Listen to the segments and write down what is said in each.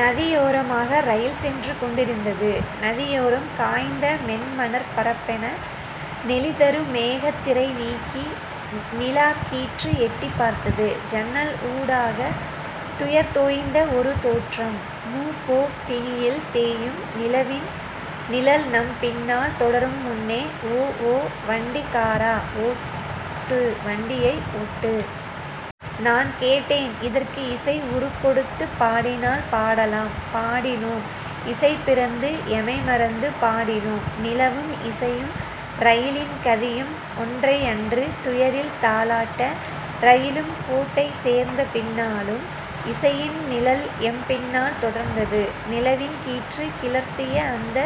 நதியோரமாக rail சென்று கொண்டிருந்தது. நதியோரம் காய்ந்த மென்மணற் பரப்பென நெளிதரு மேகத் திரைநீக்கி நிலாக்கீற்று எட்டிப் பார்த்தது. ஜன்னல் ஊடாக துயர்தோய்ந்த ஒரு தோற்றம். மு. பொ. பிணியில் தேயும் நிலவின் நிழல்நம் பின்னால் தொடரும் முன்னே ஓஓ வண்டிக் காரா ஒட்டு வண்டியை ஒட்டு. நான்கேட்டேன் இதற்கு இசை உருக்கொடுத்துப் பாடினால்? பாடலாம். பாடினோம். இசைபிறந்து எமைமறந்து பாடினோம். நிலவும் இசையும் ரயிலின் கதியும் ஒன்றை யன்று துயரில் தாலாட்ட ரயிலும் கோட்டை சேர்ந்தபின்னாலும் இசையின் நிழல்எம் பின்னால் தொடர்ந்தது. நிலவின் கீற்றுக் கிளர்த்திய அந்த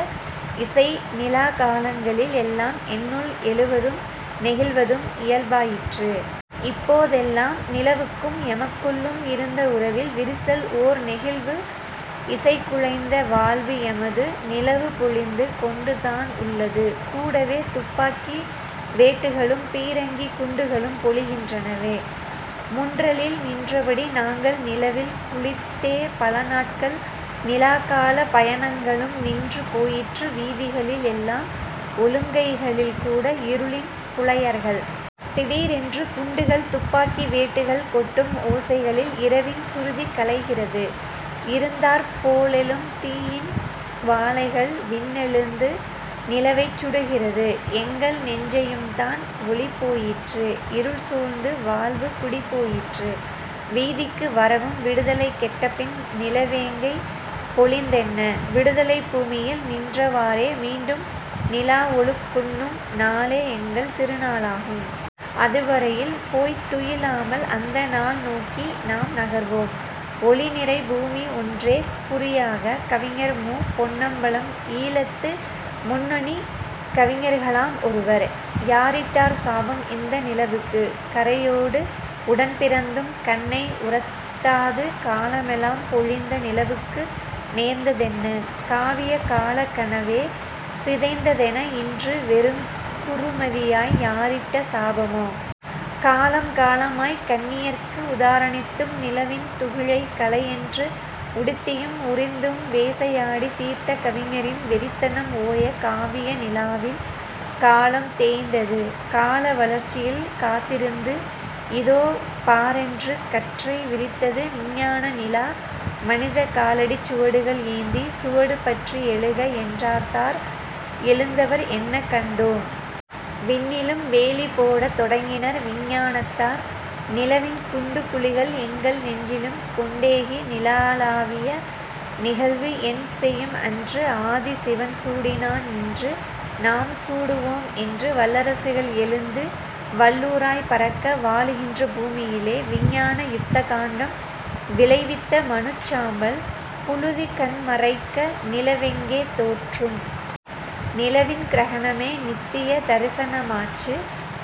இசை நிலாக் காலங்களில் எல்லாம் என்னுள் எழுவதும் நெகிழ்வதும் இயல்பாயிற்று. இப்போ தெல்லாம் நிலவுக்கும் எமக்குள்ளும் இருந்த உறவில் விரிசல் ஓர் நெகிழ்வு. இசைக்குலைந்த வாழ்வு எமது. நிலவு பொழிந்து கொண்டுதான் உள்ளது கூடவே துப்பாக்கி வேட்டுகளும் பீரங்கிக் குண்டுகளும் பொழிகின்றனவே. முன்றலில் நின்றபடி நாங்கள் நிலவில் குளித்தே பலநாட்கள். நிலாக் கால பயணங்களும் நின்று போயிற்று வீதிகளில் எல்லாம் ஒழுங்கைகளில் கூட இருளின் புலையர்கள். திடீரென்று குண்டுகள் துப்பாக்கி வேட்டுகள் கொட்டும் ஓசைகளில் இரவின் சுருதி கலைகிறது. இருந்தாற் போலெழும் தீயின் சுவாலைகள் விண்ணெழுந்து நிலவைச் சுடுகிறது. எங்கள் நெஞ்சையும்தான். ஒளிபோயிற்று; இருள்சூழ்ந்து வாழ்வு குடிபோயிற்று. வீதிக்கு வரவும் விடுதலை கெட்டபின் நிலவெங்கே பொழிந்தென்ன? விடுதலைப் பூமியில் நின்றவாறே மீண்டும் நிலாவொழுக் குண்ணும் நாளே எங்கள் திருநாளாகும். அதுவரையில் போய்த் துயிலாமல் அந்தநாள் நோக்கி நாம் நகர்வோம் ஒளிநிறை பூமி ஒன்றே குறியாக. கவிஞர் மு. பொன்னம்பலம் ஈழத்து முன்னணிக் கவிஞர்களம் ஒருவர். யாரிட்டார் சாபம் இந்த நிலவுக்கு? கறையோடு உடன் பிறந்தும் கண்ணை உறுத்தாது காலமெலாம் பொழிந்த நிலவுக்கு நேர்ந்த தென்ன? காவிய காலக் கனவே சிதைந்ததென இன்று வெறுங் குறுமதியாய் யாரிட்ட சாபமோ? காலங் காலமாய் கன்னியர்க்கு உதாரணித்தும் நிலவின் துகிலைக் கலை யென்று உடுத்தியும் உரிந்தும் வேசையாடித் தீர்த்த கவிஞரின் வெறித்தனம் ஓய காவிய நிலாவின் காலம் தேய்ந்தது. கால வளர்ச்சியில் காத்திருந்து. இதோ பாரென்று கற்றை விரித்தது விஞ்ஞான நிலா மனிதக் காலடிச் சுவடுகள் ஏந்தி. சுவடு பற்றி எழுக என்றார்த்தார்; எழுந்தவர் என்ன கண்டோம்? விண்ணிலும் வேலி போடத் தொடங்கினர் விஞ்ஞானத்தார். நிலவின் குண்டு குழிகள் எங்கள் நெஞ்சிலும் கொண்டேகி நிலவுலாவிய நிகழ்வு என் செயும் அன்று ஆதி சிவன் சூடினான் இன்று நாம் சூடுவோம் என்று வல்லரசுகள் எழுந்து வல்லூறாய்ப் பறக்க வாழுகின்ற பூமியிலே விஞ்ஞான யுத்த காண்டம் விளைவித்த மனுச் சாம்பல் புழுதி கண் மறைக்க நிலவெங்கே தோற்றும்? நிலவின் கிரகணமே நித்திய தரிசனமாச்சு.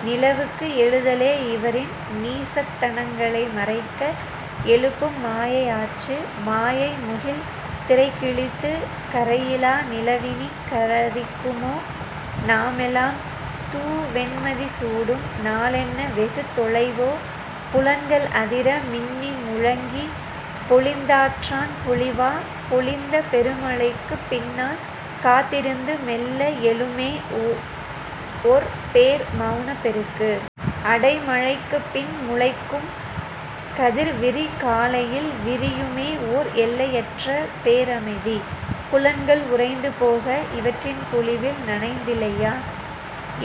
நிலவுக்கு எழுதலே இவரின் நீசத்தனங்களை மறைக்க எழுப்பும் மாயையாச்சு. மாயை முகில் திரைகிழித்து கறையிலா நிலவினிக் காரிக்குமோ? நாமெல்லாம் தூவெண் மதி சூடும் நாளென்ன வெகு தொலைவோ? புலன்கள் அதிர மின்னி முழங்கிப் பொழிந்தாற்றான் பொழிவா? பொழிந்த பெருமழைக்குப் பின்னால் காத்திருந்து மெல்ல எழுமே ஒர் பேர் மௌனப் பெருக்கு. அடை மழைக்குப் பின் முளைக்கும் கதிர் விரி காலையில் வழியுமே ஓர் எல்லையற்ற பேரமைதி. புலன்கள் உறைந்து போக இவற்றின் பொழிவில் நனைந்திலையா?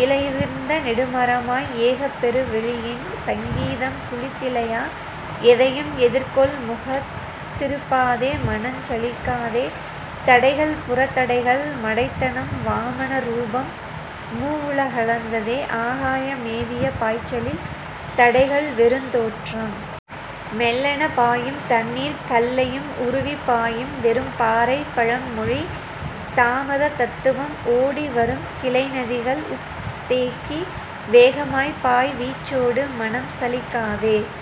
இலையுதிர்ந்த நெடுமரமாய் ஏகப் பெரு வெளியின் சங்கீதம் குளித்திலையா? எதையும் எதிர்கொள் முகந் திருப்பாதே மனஞ் சலிக்காதே. தடைகள் புறத் தடைகள் மடைத்தனம் வாமன ரூபம் மூவுலகளந்ததே ஆகாயம் மேவிய பாய்ச்சலில் தடைகள் வெறுந் தோற்றம். மெல்லெனப் பாயும் தண்ணீர் கல்லையும் உருவிப் பாயும் வெறும் பாறைப் பழம் மொழி தாமதத் தத்துவம். ஓடிவரும் கிளை நதிகள் உட் தேக்கி வேகமாய்ப் பாய் வீச்சோடு. மனஞ் சலிக்காதே